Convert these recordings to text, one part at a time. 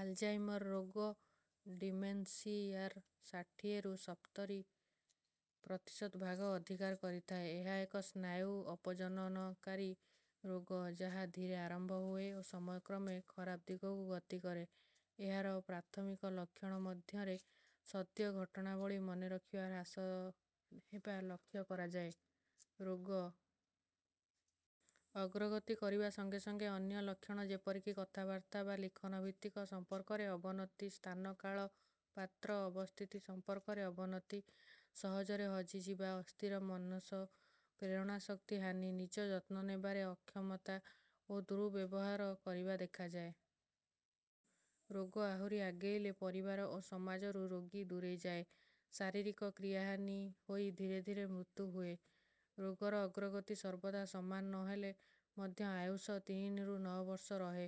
Alzheimer ରୋଗ, ଡିମେନ୍ସିଆର ଷାଠିଏ ରୁ ସପ୍ତରୀ ପ୍ରତିଶତ ଭାଗ ଅଧିକାର କରିଥାଏ। ଏହା ଏକ ସ୍ନାୟୁ ଅପଜନନକାରୀ ରୋଗ, ଯାହା ଧୀରେ ଆରମ୍ଭ ହୁଏ ଓ ସମୟକ୍ରମେ ଖରାପ ଦିଗକୁ ଗତି କରେ। ଏହାର ପ୍ରାଥମିକ ଲକ୍ଷଣ ମଧ୍ୟରେ ସଦ୍ୟ ଘଟଣାବଳୀ ମନେରଖିବା ହ୍ରାସ ହେବା ଲକ୍ଷ୍ୟ କରାଯାଏ। ରୋଗ ଅଗ୍ରଗତି କରିବା ସଙ୍ଗେ ସଙ୍ଗେ ଅନ୍ୟ ଲକ୍ଷଣ ଯେପରିକି କଥାବାର୍ତ୍ତା ବା ଲିଖନ ଭିତ୍ତିକ ସମ୍ପର୍କରେ ଅବନତି, ସ୍ଥାନ କାଳ ପାତ୍ର ଅବସ୍ଥିତି ସମ୍ପର୍କରେ ଅବନତି, ସହଜରେ ହଜିଯିବା, ଅସ୍ଥିର ମାନସ, ପ୍ରେରଣାଶକ୍ତି ହାନି, ନିଜ ଯତ୍ନ ନେବାରେ ଅକ୍ଷମତା ଓ ଦୁର୍ବ୍ୟବହାର କରିବା ଦେଖାଯାଏ। ରୋଗ ଆହୁରି ଆଗେଇଲେ ପରିବାର ଓ ସମାଜରୁ ରୋଗୀ ଦୂରେଇଯାଏ। ଶାରୀରିକ କ୍ରିୟାହାନି ହୋଇ ଧୀରେ ଧୀରେ ମୃତ୍ୟୁ ହୁଏ। ରୋଗର ଅଗ୍ରଗତି ସର୍ବଦା ସମାନ ନ ହେଲେ ମଧ୍ୟ ଆୟୁଷ ତିନି ରୁ ନଅ ବର୍ଷ ରହେ।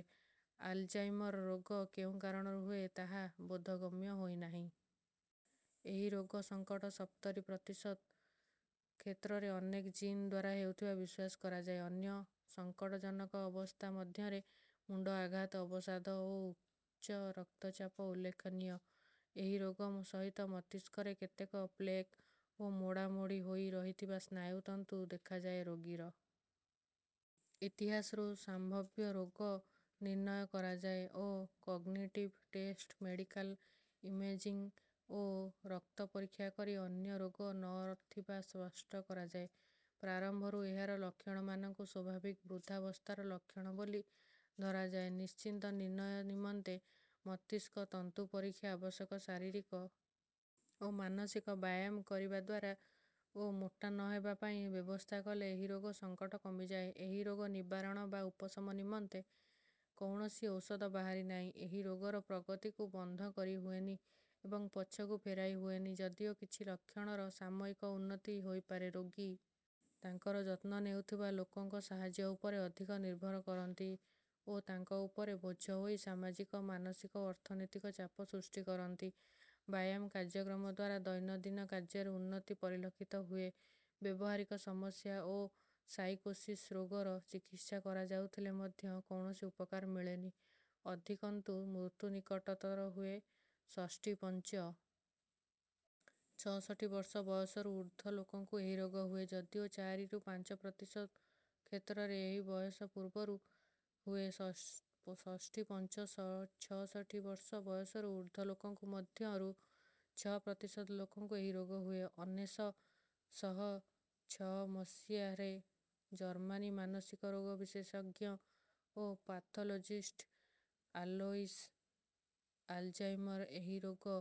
ଆଲଜାଇମର ରୋଗ କେଉଁ କାରଣରୁ ହୁଏ, ତାହା ବୋଧଗମ୍ୟ ହୋଇନାହିଁ। ଏହି ରୋଗ ସଙ୍କଟ ସପ୍ତରୀ ପ୍ରତିଶତ କ୍ଷେତ୍ରରେ ଅନେକ ଜିନ୍‌ ଦ୍ୱାରା ହେଉଥିବା ବିଶ୍ୱାସ କରାଯାଏ। ଅନ୍ୟ ସଙ୍କଟଜନକ ଅବସ୍ଥା ମଧ୍ୟରେ ମୁଣ୍ଡ ଆଘାତ, ଅବସାଦ ଓ ଉଚ୍ଛ ରକ୍ତଚାପ ଉଲ୍ଲେଖନୀୟ। ଏହି ରୋଗ ସହିତ ମସ୍ତିଷ୍କରେ କେତେକ ପ୍ଲେକ୍ ଓ ମୋଡ଼ିମାଡ଼ି ହୋଇ ରହିଥିବା ସ୍ନାୟୁ ତନ୍ତୁ ଦେଖାଯାଏ। ରୋଗୀର ଇତିହାସରୁ ସମ୍ଭାବ୍ୟ ରୋଗ ନିର୍ଣ୍ଣୟ କରାଯାଏ ଓ କଗ୍ନିଟିଭ୍ ଟେଷ୍ଟ, ମେଡିକାଲ ଇମେଜିଙ୍ଗ୍ ଓ ରକ୍ତ ପରୀକ୍ଷା କରି ଅନ୍ୟ ରୋଗ ନ ଥିବା ସ୍ପଷ୍ଟ କରାଯାଏ। ପ୍ରାରମ୍ଭରୁ ଏହାର ଲକ୍ଷଣମାନଙ୍କୁ ସ୍ୱାଭାବିକ ବୃଦ୍ଧାବସ୍ଥାର ଲକ୍ଷଣ ବୋଲି ଧରାଯାଏ। ନିଶ୍ଚିତ ନିର୍ଣ୍ଣୟ ନିମନ୍ତେ ମସ୍ତିଷ୍କ ତନ୍ତୁ ପରୀକ୍ଷା ଆବଶ୍ୟକ। ଶାରୀରିକ ଓ ମାନସିକ ବ୍ୟାୟାମ କରିବା ଦ୍ୱାରା ଓ ମୋଟା ନ ହେବା ପାଇଁ ବ୍ୟବସ୍ଥା କଲେ ଏହି ରୋଗ ସଙ୍କଟ କମିଯାଏ। ଏହି ରୋଗ ନିବାରଣ ବା ଉପଶମ ନିମନ୍ତେ କୌଣସି ଔଷଧ ବାହାରି ନାହିଁ। ଏହି ରୋଗର ପ୍ରଗତିକୁ ବନ୍ଦ କରିହୁଏନି ବା ପଛକୁ ଫେରାଇ ହୁଏନି, ଯଦିଓ କିଛି ଲକ୍ଷଣର ସାମୟିକ ଉନ୍ନତି ହୋଇପାରେ। ରୋଗୀ ତାଙ୍କର ଯତ୍ନ ନେଉଥିବା ଲୋକଙ୍କ ସାହାଯ୍ୟ ଉପରେ ଅଧିକ ନିର୍ଭର କରନ୍ତି ଓ ତାଙ୍କ ଉପରେ ବୋଝ ହୋଇ ସାମାଜିକ, ମାନସିକ ଓ ଅର୍ଥନୈତିକ ଚାପ ସୃଷ୍ଟି କରନ୍ତି। ବ୍ୟାୟାମ କାର୍ଯ୍ୟକ୍ରମ ଦ୍ୱାରା ଦୈନନ୍ଦିନ କାର୍ଯ୍ୟରେ ଉନ୍ନତି ପରିଲକ୍ଷିତ ହୁଏ। ବ୍ୟବହାରିକ ସମସ୍ୟା ଓ ସାଇକୋସିସ୍ ରୋଗର ଚିକିତ୍ସା କରାଯାଉଥିଲେ ମଧ୍ୟ କୌଣସି ଉପକାର ମିଳେନି, ଅଧିକନ୍ତୁ ମୃତ୍ୟୁ ନିକଟତର ହୁଏ। ଷଷ୍ଠୀପଞ୍ଚ (ଛଷଠି) ବର୍ଷ ବୟସରୁ ଊର୍ଦ୍ଧ୍ୱ ଲୋକଙ୍କୁ ଏହି ରୋଗ ହୁଏ, ଯଦିଓ ଚାରି ରୁ ପାଞ୍ଚ ପ୍ରତିଶତ କ୍ଷେତ୍ରରେ ଏହି ବୟସ ପୂର୍ବରୁ ହୁଏ। ଷଷ୍ଠୀପଞ୍ଚ (ଛଷଠି) ବର୍ଷ ବୟସରୁ ଊର୍ଦ୍ଧ୍ୱ ଲୋକଙ୍କ ମଧ୍ୟରୁ ଛଅ ପ୍ରତିଶତ ଲୋକଙ୍କୁ ଏହି ରୋଗ ହୁଏ। ଅନେଶ ଶହ ଛଅ ମସିହା ରେ ଜର୍ମାନୀ ମାନସିକ ରୋଗ ବିଶେଷଜ୍ଞ ଓ ପାଥୋଲୋଜିଷ୍ଟ ଆଲୋଇସ୍ ଆଲଜାଇମର ଏହି ରୋଗ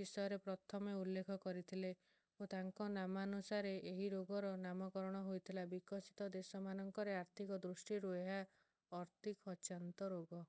ବିଷୟରେ ପ୍ରଥମେ ଉଲ୍ଲେଖ କରିଥିଲେ ଓ ତାଙ୍କ ନାମାନୁସାରେ ଏହି ରୋଗର ନାମକରଣ ହୋଇଥିଲା। ବିକଶିତ ଦେଶମାନଙ୍କରେ ଆର୍ଥିକ ଦୃଷ୍ଟିରୁ ଏହା ଅତି ଖର୍ଚ୍ଚାନ୍ତ ରୋଗ।